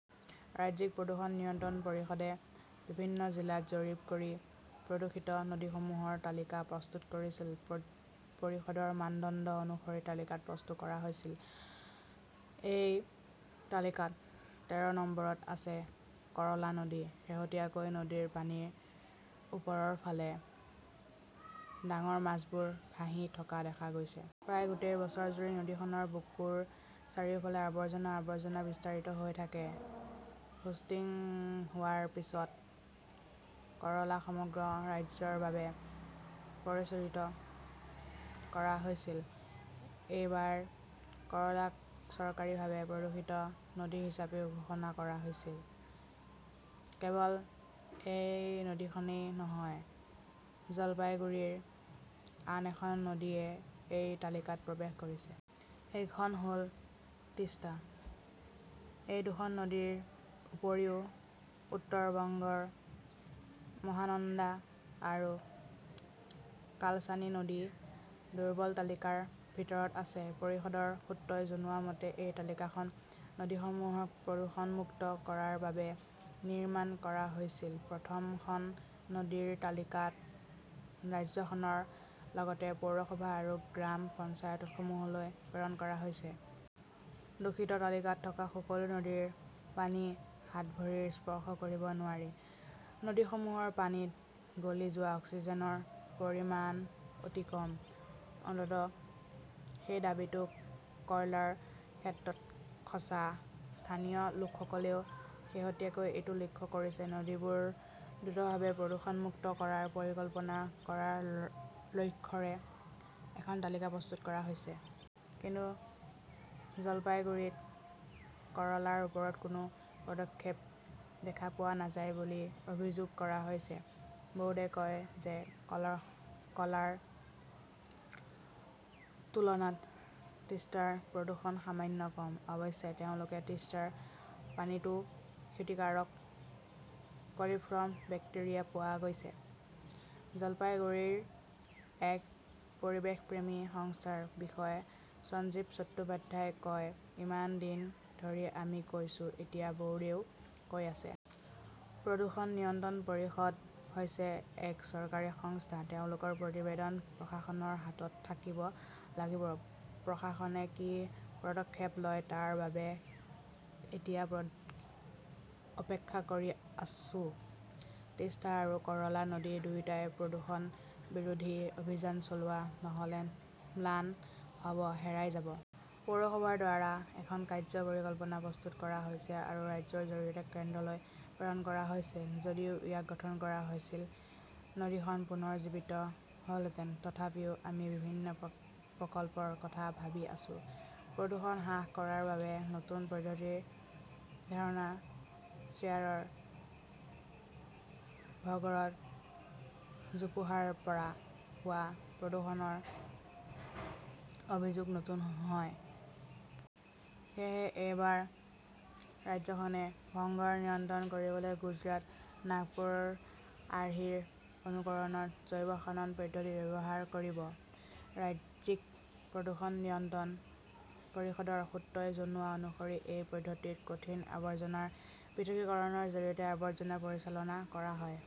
ৰাজ্যিক প্ৰদূষণ নিয়ন্ত্ৰণ পৰিষদে বিভিন্ন জিলাত জৰীপ কৰি প্ৰদূষিত নদীসমূহৰ তালিকা প্ৰস্তুত কৰিছিল। পৰিষদৰ মানদণ্ড অনুসৰি তালিকা প্ৰস্তুত কৰা হৈছে। এই তালিকাত তেৰ নম্বৰত আছে কৰলা নদী। শেহতীয়াকৈ নদীৰ পানীৰ ওপৰৰ ফালে ডাঙৰ মাছবোৰ ভাহি থকা দেখা গৈছে। প্ৰায় গোটেই বছৰজুৰি নদীখনৰ বুকুৰ চাৰিওফালে আবৰ্জনা-আবৰ্জনা বিস্তাৰিত হৈ থাকে। হোষ্টিং হোৱাৰ পিছত কৰলা সমগ্ৰ ৰাজ্যৰ বাবে পৰিচিত কৰা হৈছিল। এইবাৰ কৰলা চৰকাৰীভাৱে প্ৰদূষিত নদী হিচাপেও ঘোষণা কৰা হৈছিল। কেৱল এই নদীখনেই নহয়, জলপাইগুড়িৰ আন এখন নদীয়ে এই তালিকাত প্ৰৱেশ কৰিছে। সেইখন হ'ল তিষ্টা। এই দুখন নদীৰ উপৰিও উত্তৰ বংগৰ মহানন্দা আৰু কালচানি নদী দুৰ্বল তালিকাৰ ভিতৰত আছে। পৰিষদৰ সূত্ৰই জনোৱা মতে, এই তালিকাখন নদীসমূহক প্ৰদূষণমুক্ত কৰাৰ বাবে নিৰ্মাণ কৰা হৈছিল। প্ৰথম খন নদীৰ তালিকাত ৰাজ্যখনৰ লগতে পৌৰসভা আৰু গ্ৰাম পঞ্চায়তসমূহলৈ প্ৰেৰণ কৰা হৈছে। দূষিত তালিকাত থকা সকলো নদীৰ পানী হাত-ভৰি স্পৰ্শ কৰিব নোৱাৰি। নদীসমূহৰ পানীত গলি যোৱা অক্সিজেনৰ পৰিমাণ অতি কম। অন্ততঃ সেই দাবীটো কৰ্লাৰ ক্ষেত্ৰত সঁচা, স্থানীয় লোকসকলেও শেহতীয়াকৈ এইটো লক্ষ্য কৰিছে। নদীবোৰ দ্ৰুতভাৱে প্ৰদূষণমুক্ত কৰাৰ পৰিকল্পনা কৰাৰ লক্ষ্যৰে এখন তালিকা প্ৰস্তুত কৰা হৈছে। কিন্তু জলপাইগুড়িত কৰলাৰ ওপৰত কোনো পদক্ষেপ দেখা পোৱা নাযায় বুলি অভিযোগ কৰা হৈছে। ব'ৰ্ডে কয় যে কৰ্লাৰ তুলনাত টিষ্টাৰ প্ৰদূষণ সামান্য কম। অৱশ্যে তেওঁলোকে টিষ্টাৰ পানীতও ক্ষতিকাৰক কলিফৰ্ম বেক্টেৰিয়া পোৱা গৈছে। জলপাইগুড়িৰ এক পৰিৱেশপ্ৰেমী সংস্থাৰ বিষয়া সঞ্জীৱ চট্টোপাধ্যায়ই কয়, ইমান দিন ধৰি আমি কৈছো, এতিয়া বোৰ্ডেও কৈ আছে। প্ৰদূষণ নিয়ন্ত্ৰণ পৰিষদ হৈছে এক চৰকাৰী সংস্থা। তেওঁলোকৰ প্ৰতিবেদন প্ৰশাসনৰ হাতত থাকিব লাগিব। প্ৰশাসনে কি পদক্ষেপ লয় তাৰ বাবে এতিয়া অপেক্ষা কৰি আছো। টিষ্টা আৰু কৰলা নদী দুয়োটাই প্ৰদূষণ বিৰোধী অভিযান চলোৱা নহ'লে ম্লান হ'ব, হেৰাই যাব। পৌৰসভাৰ দ্বাৰা এখন কাৰ্য্য পৰিকল্পনা প্ৰস্তুত কৰা হৈছে আৰু ৰাজ্যৰ জৰিয়তে কেন্দ্ৰলৈ প্ৰেৰণ কৰা হৈছে। যদিও ইয়াক গঠন কৰা হৈছিল, নদীখন পুনৰ জীৱিত হ'লহেঁতেন। তথাপিও আমি বিভিন্ন প্ৰকল্পৰ কথা ভাবি আছো। প্ৰদূষণ হ্ৰাস কৰাৰ বাবে নতুন পদ্ধতিৰ ধাৰণা শ্বেয়াৰৰ ভগড়ৰ জোপোহাৰ পৰা হোৱা প্ৰদূষণৰ অভিযোগ নতুন নহয়। সেয়েহে এইবাৰ ৰাজ্যখনে ভগড়ৰ নিয়ন্ত্ৰণ কৰিবলৈ গুজৰাট-নাগপুৰ আৰ্হিৰ অনুকৰণত 'জৈৱ-খনন' পদ্ধতি ব্যৱহাৰ কৰিব। ৰাজ্যিক প্ৰদূষণ নিয়ন্ত্ৰণ পৰিষদৰ সূত্ৰই জনোৱা অনুসৰি এই পদ্ধতিত কঠিন আৱৰ্জনাৰ পৃথকীকৰণৰ জৰিয়তে আৱৰ্জনা পৰিচালনা কৰা হয়।